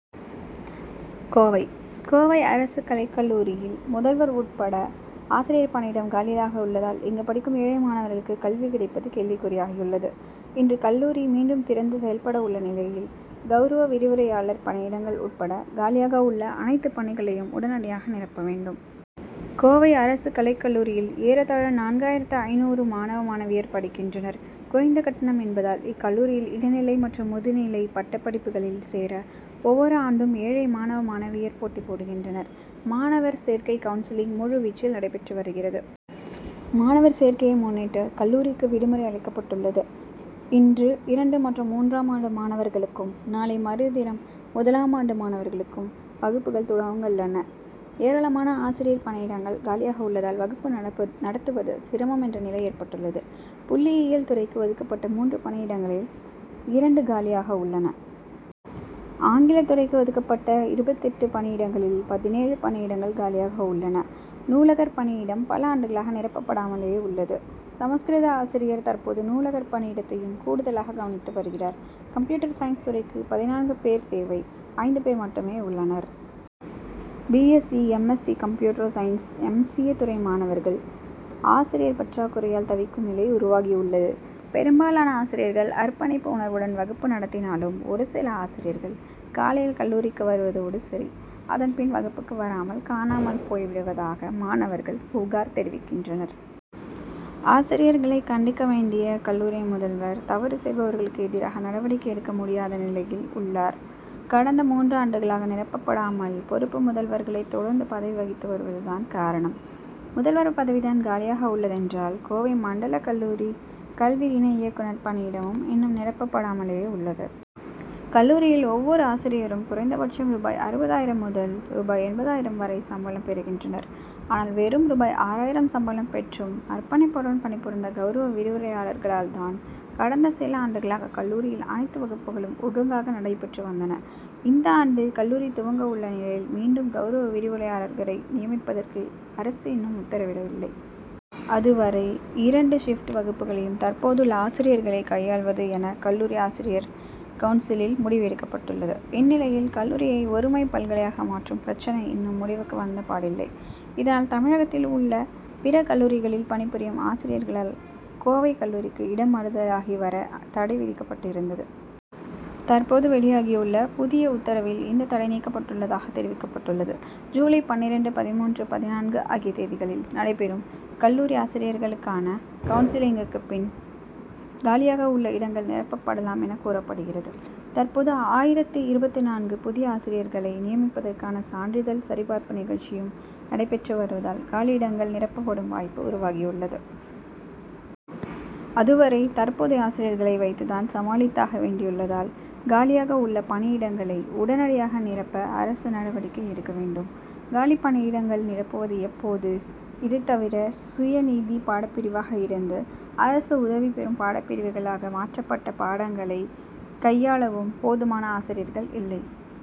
கோவை கோவை அரசு கலைக் கல்லூரியில் முதல்வர் உட்பட ஆசிரியர் பணியிடம் காலியாக உள்ளதால், இங்கு படிக்கும் ஏழை மாணவர்களுக்கு கல்வி கிடைப்பது கேள்விக்குறியாகியுள்ளது. இன்று கல்லூரி மீண்டும் திறந்து செயல்படவுள்ள நிலையில், கவுரவ விரிவுரையாளர் பணியிடங்கள் உட் பட காலியாக உள்ள அனைத்து பணியிடங்களையும் உடனடியாக நிரப்ப வேண்டும். கோவை அரசு கலைக் கல்லூரியில் ஏறத்தாழ நான்காயிரத்து ஐந்நூறு மாணவ மாணவியர் படிக்கின்றனர். குறைந்த கட்டணம் என்பதால் இக்கல்லூரியில் இளநிலை மற்றும் முதுநிலை பட்டப்படிப்புகளில் சேர ஒவ்வொரு ஆண்டும் ஏழை மாணவ மாணவியர் போட்டி போடுகின்றனர். மாணவர் சேர்க்கை கவுன்சிலிங் முழு வீச்சில் நடைபெற்று வருகிறது. மாணவர் சேர்க்கையை முன்னிட்டு கல்லூரிக்கு விடுமுறை அளிக்கப்பட் டுள்ளது. இன்று இரண்டு மற்றும் மூன்றாம் ஆண்டு மாணவர்களுக்கும், நாளை மறுதினம் முதலாம் ஆண்டு மாணவர்களுக்கும் வகுப்புகள் துவங்கவுள்ளன. ஏராளமான ஆசிரியர் பணியிடங்கள் காலியாக உள்ளதால் வகுப்பு நடத்துவது சிரமம் என்ற நிலை ஏற்பட்டுள்ளது. புள்ளியியல் துறைக்கு ஒதுக்கப்பட்ட மூன்று பணியிடங்களில் இரண்டு காலியாக உள்ளன. ஆங்கில துறைக்கு ஒதுக் கப்பட்ட இருபத்தெட்டு பணியிடங்களில் பதினேழு பணியிடங்கள் காலியாக உள்ளன. நூலகர் பணியிடம் பல ஆண்டுகளாக நிரப்பப்படாமலே உள்ளது. சமஸ்கிருத ஆசிரியர் தற்போது நூலகர் பணியிடத்தையும் கூடுதலாக கவனித்து வருகிறார். கம்ப்யூட்டர் சயின்ஸ் துறைக்கு பதினான்கு பேர் தேவை. ஐந்து பேர் மட்டுமே உள்ளனர். B. S. C., M. S. C., computer science, M. C. A., துறை மாணவர்கள், ஆசிரியர் பற்றாக்குறையால் தவிக்கும் நிலை உருவாகியுள்ளது. பெரும்பாலான ஆசிரியர்கள், அர்ப்பணிப்பு உணர்வுடன் வகுப்பு நடத்தினாலும், ஒரு சில ஆசிரியர்கள் காலையில் கல்லூரிக்கு வருவதோடு சரி. அதன் பின் வகுப்புக்கு வராமல் காணாமல் போய் விடுவதாக மாணவர்கள் புகார் தெரிவிக்கின்றனர். ஆசிரியர்களை கண்டிக்க வேண்டிய கல்லூரி முதல்வர், தவறு செய்பவர்களுக்கு எதிராக நடவடிக்கை எடுக்க முடியாத நிலையில் உள்ளார். கடந்த மூன்று ஆண்டுகளாக நிரப்பப்படாமல் பொறுப்பு முதல்வர்களே தொடர்ந்து பதவி வகித்து வருவதுதான் காரணம். முதல்வர் பதவிதான் காலியாக உள்ளதென்றால், கோவை மண்டல கல்லூரி கல்வி இணை இயக்குனர் பணியிடமும் இன்னும் நிரப்பப்படாமலே உள்ளது. கல்லூரியில் ஒவ்வொரு ஆசிரியரும் குறைந்தபட்சம் ரூ.அறுபதாயிரம் முதல் ரூ.எண்பதாயிரம் வரை சம்பளம் பெறுகின்றனர். ஆனால் வெறும் ரூ.ஆறாயிரம் சம்பளம் பெற்றும் அர்ப்பணிப்புடன் பணிபுரிந்த கவுரவ விரிவுரையாளர்களால்தான் கடந்த சில ஆண்டுகளாக கல்லூரியில் அனைத்து வகுப்புகளும் ஒழுங்காக நடைபெற்று வந்தன. இந்த ஆண்டு கல்லூரி துவங்கவுள்ள நிலையில், மீண்டும் கவுரவ விரிவுரையாளர்களை நியமிப்பதற்கு அரசு இன்னும் உத்தரவிடவில்லை. அதுவரை இரண்டு ஷிப்டு வகுப்புகளையும் தற்போதுள்ள ஆசிரியர்களே கையாள்வது என கல்லூரி ஆசிரியர் கவுன்சிலில் முடிவு எடுக்கப்பட் டுள்ளது. இந்நிலையில், கல்லூரியை ஒருமை பல்கலையாக மாற்றும் பிரச்னை இன்னும் முடிவுக்கு வந்தபாடில்லை. இதனால் தமிழகத்தில் உள்ள பிற கல்லூரிகளில் பணிபுரியும் ஆசிரியர்களால் கோவை கல்லூரிக்கு இடமாறுதலாகி வர தடை விதிக்கப்பட்டு இருந்தது. தற்போது வெளியாகியுள்ள புதிய உத்தரவில் இந்த தடை நீக்கப்பட்டுள்ளதாக தெரிவிக்கப்பட்டுள்ளது. ஜூலை பன்னிரண்டு, பதின்மூன்று, பதினான்கு ஆகிய தேதிகளில் நடைபெறும் கல்லூரி ஆசிரியர்களுக்கான கவுன்சிலிங்குக்குப் பின், காலியாக உள்ள இடங்கள் நிரப்பப்படலாம் என கூறப்படுகிறது. தற்போது ஆயிரத்து இருபத்து நான்கு புதிய ஆசிரியர்களை நியமிப்பதற்கான சான்றிதழ் சரிபார்ப்பு நிகழ்ச்சியும் நடைபெற்று வருவதால் காலியிடங்கள் நிரப்பப்படும் வாய்ப்பு உருவாகியுள்ளது. அதுவரை தற்போதைய ஆசிரியர்களை வைத்துதான் சமாளித்தாக வேண்டியதுள்ளதால், காலியாக உள்ள பணியிடங்களை உடனடியாக நிரப்ப அரசு நடவடிக்கை எடுக்க வேண்டும். காலி பணியிடங்கள் நிரப்புவது எப்போது? இதைத் தவிர, சுயநிதி பாடப்பிரிவாக இருந்து அரசு உதவி பெறும் பாடப் பிரிவுகளாக மாற்றப்பட்ட பாடங்களை கையாளவும் போதுமான ஆசிரியர்கள் இல்லை.